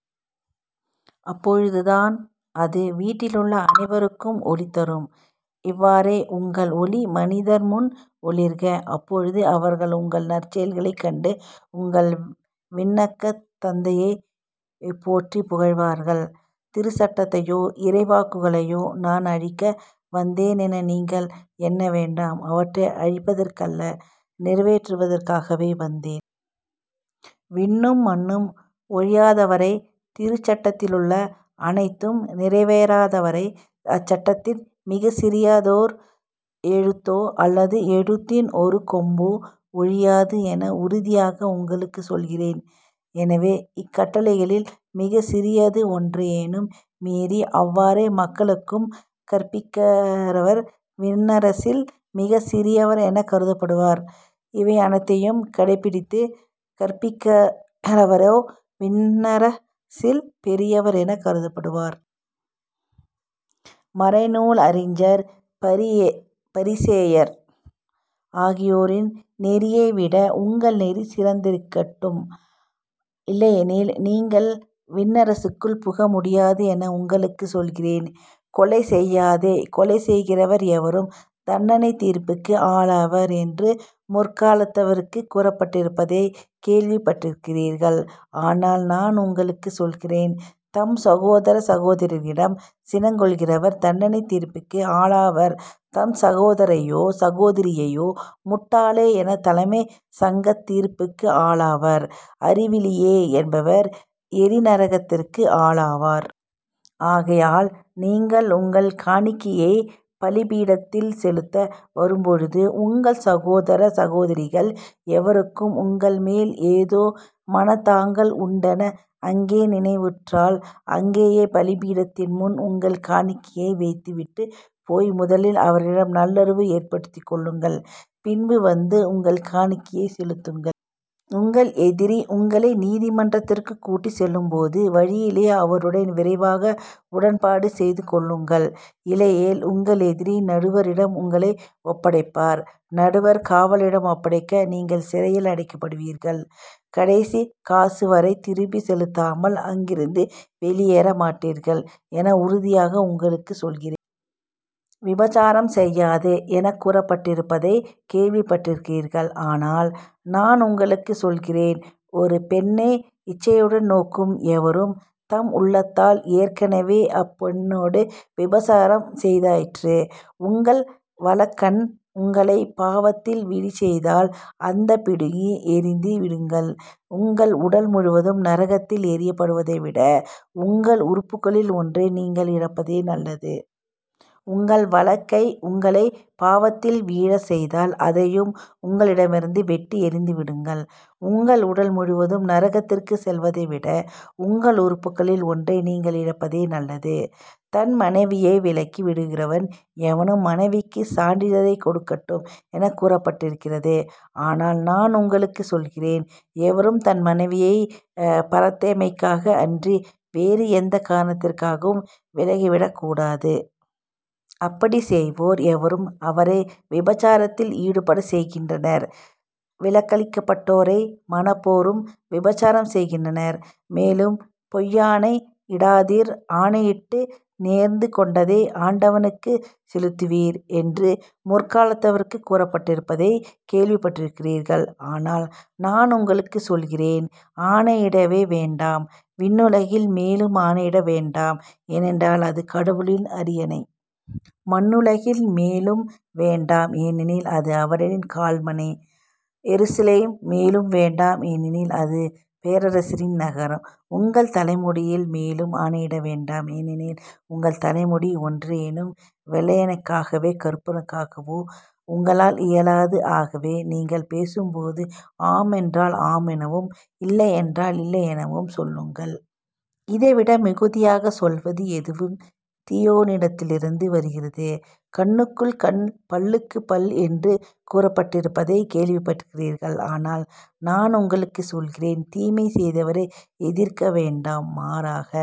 அப்பொழுதுதான் அது வீட்டிலுள்ள அனைவருக்கும் ஒளி தரும். இவ்வாறே உங்கள் ஒளி மனிதர்முன் ஒளிர்க. அப்பொழுது அவர்கள் உங்கள் நற்செயல்களைக் கண்டு உங்கள் விண்ணகத் தந்தையைப் போற்றிப் புகழ்வார்கள். திருச்சட்டத்தையோ இறைவாக்குகளையோ நான் அழிக்க வந்தேன் என நீங்கள் எண்ண வேண்டாம் அவற்றை அழிப்பதற்கல்ல, நிறைவேற்றுவதற்கே வந்தேன். விண்ணும் மண்ணும் ஒழியாதவரை, திருச்சட்டத்திலுள்ள அனைத்தும் நிறைவேறாதவரை அச்சட்டத்தின் மிகச்சிறியதோர் எழுத்தோ அல்லது எழுத்தின் ஒரு கொம்போ ஒழியாது என உறுதியாக உங்களுக்குச் சொல்கிறேன். எனவே, இக்கட்டளைகளில் மிகச் சிறியது ஒன்றையேனும் மீறி அவ்வாறே மக்களுக்கும் கற்பிக்கிறவர் விண்ணரசில் மிகச் சிறியவர் எனக் கருதப்படுவார். இவையனைத்தையும் கடைப்பிடித்துக் கற்பிக்கிறவரோ விண்ணரசில் பெரியவர் எனக் கருதப்படுவார். மறைநூல் அறிஞர் பரிசேயர் ஆகியோரின் நெறியைவிட உங்கள் நெறி சிறந்திருக்கட்டும். இல்லையெனில். நீங்கள் விண்ணரசுக்குள் புக முடியாது என உங்களுக்குச் சொல்கிறேன். கொலை செய்யாதே கொலை செய்கிறவர் எவரும் தண்டனைத் தீர்ப்புக்கு ஆளாவர் என்று முற்காலத்தவர்க்குக் கூறப்பட்டிருப்பதைக் கேள்விப் பட்டிருக்கிறீர்கள். ஆனால் நான் உங்களுக்குச் சொல்கிறேன் தம் சகோதரர் சகோதரிகளிடம் சினங்கொள்கிறவர் தண்டனைத் தீர்ப்புக்கு ஆளாவார் தம் சகோதரரையோ சகோதரியையோ முட்டாளே என்பவர் தலைமைச் சங்கத் தீர்ப்புக்கு ஆளாவார் அறிவிலியே என்பவர் எரிநரகத்துக்கு ஆளாவார். ஆகையால் நீங்கள் உங்கள் காணிக்கையைப் பலிபீடத்தில் செலுத்த வரும்பொழுது உங்கள் சகோதரர் சகோதரிகள் எவருக்கும் உங்கள் மேல் ஏதோ மனத்தாங்கல் உண்டென அங்கே நினைவுற்றால், அங்கேயே பலிபீடத்தின்முன் உங்கள் காணிக்கையை வைத்து விட்டுப் போய் முதலில் அவரிடம் நல்லுறவு ஏற்படுத்திக் கொள்ளுங்கள். பின்பு வந்து உங்கள் காணிக்கையைச் செலுத்துங்கள். உங்கள் எதிரி உங்களை நீதிமன்றத்துக்குக் கூட்டிச் செல்லும் போது வழியிலேயே அவருடன் விரைவாக உடன்பாடு செய்துகொள்ளுங்கள். இல்லையேல் உங்கள் எதிரி நடுவரிடம் உங்களை ஒப்படைப்பார். நடுவர் காவலிடம் ஒப்படைக்க நீங்கள் சிறையில் அடைக்கப்படுவீர்கள். கடைசிக் காசு வரை திருப்பிச் செலுத்தாமல் அங்கிருந்து வெளியேற மாட்டீர்கள் என உறுதியாக உங்களுக்கு சொல்கிறேன். விபசாரம் செய்யாதே எனக் கூறப்பட்டிருப்பதைக் கேள்விப்பட்டிருக்கிறீர்கள். ஆனால், நான் உங்களுக்குச் சொல்கிறேன் ஒரு பெண்ணை இச்சையுடன் நோக்கும் எவரும் தம் உள்ளத்தால் ஏற்கெனவே அப்பெண்ணோடு விபசாரம் செய்தாயிற்று. உங்கள் வலக்கண் உங்களைப் பாவத்தில் விழச்செய்தால் அதைப் பிடுங்கி எறிந்து விடுங்கள். உங்கள் உடல் முழுவதும் நரகத்தில் எறியப்படுவதைவிட உங்கள் உறுப்புகளில் ஒன்றை நீங்கள் இழப்பதே நல்லது. உங்கள் வலக்கை உங்களைப் பாவத்தில் விழச் செய்தால் அதையும் உங்களிடமிருந்து வெட்டி எறிந்து விடுங்கள். உங்கள் உடல் முழுவதும் நரகத்திற்குச் செல்வதைவிட உங்கள் உறுப்புகளில் ஒன்றை நீங்கள் இழப்பதே நல்லது. தன் மனைவியை விலக்கி விடுகிறவன் எவனும் மணவிலக்குச் சான்றிதழைக் கொடுக்கட்டும் எனக் கூறப்பட்டிருக்கிறது. ஆனால் நான் உங்களுக்குச் சொல்கிறேன் எவரும் தம் மனைவியைப் பரத்தைமைக்காக அன்றி வேறு எந்தக் காரணத்திற்காகவும் விலக்கிவிடக் கூடாது. அப்படிச் செய்வோர் எவரும் அவரை விபசாரத்தில் ஈடுபடச் செய்கின்றனர். விலக்கப்பட்டோரை மணப்போரும் விபசாரம் செய்கின்றனர். மேலும் பொய்யாணை இடாதீர். ஆணையிட்டு நேர்ந்து கொண்டதை ஆண்டவருக்குச் செலுத்துவீர் என்று முற்காலத்தவர்க்குக் கூறப்பட்டிருப்பதைக் கேள்விப்பட்டிருக்கிறீர்கள். ஆனால் நான் உங்களுக்குச் சொல்கிறேன் ஆணையிடவே வேண்டாம். விண்ணுலகின் மேலும் ஆணையிட வேண்டாம் ஏனென்றால் அது கடவுளின் அரியணை. மண்ணுலகின் மேலும் வேண்டாம் ஏனெனில் அது அவரின் கால்மணை. எருசலேம் மேலும் வேண்டாம் ஏனெனில் அது பேரரசின் நகரம். உங்கள் தலைமுடியின் மேலும் ஆணையிட வேண்டாம் ஏனெனில் உங்கள் தலைமுடி ஒன்றையேனும் வெள்ளையாக்கவோ கறுப்பாக்கவோ உங்களால் இயலாது ஆகவே நீங்கள் பேசும்போது ஆம் என்றால் ஆம் எனவும் இல்லை என்றால் இல்லை எனவும் சொல்லுங்கள். இதைவிட மிகுதியாகச் சொல்வது எதுவும் தீயோனிடத்திலிருந்து வருகிறது. கண்ணுக்குக் கண் பல்லுக்குப் பல் என்று கூறப்பட்டிருப்பதைக் கேள்விப்பட்டிருக்கிறீர்கள். ஆனால் நான் உங்களுக்குச் சொல்கிறேன் தீமை செய்பவரை எதிர்க்க வேண்டாம். மாறாக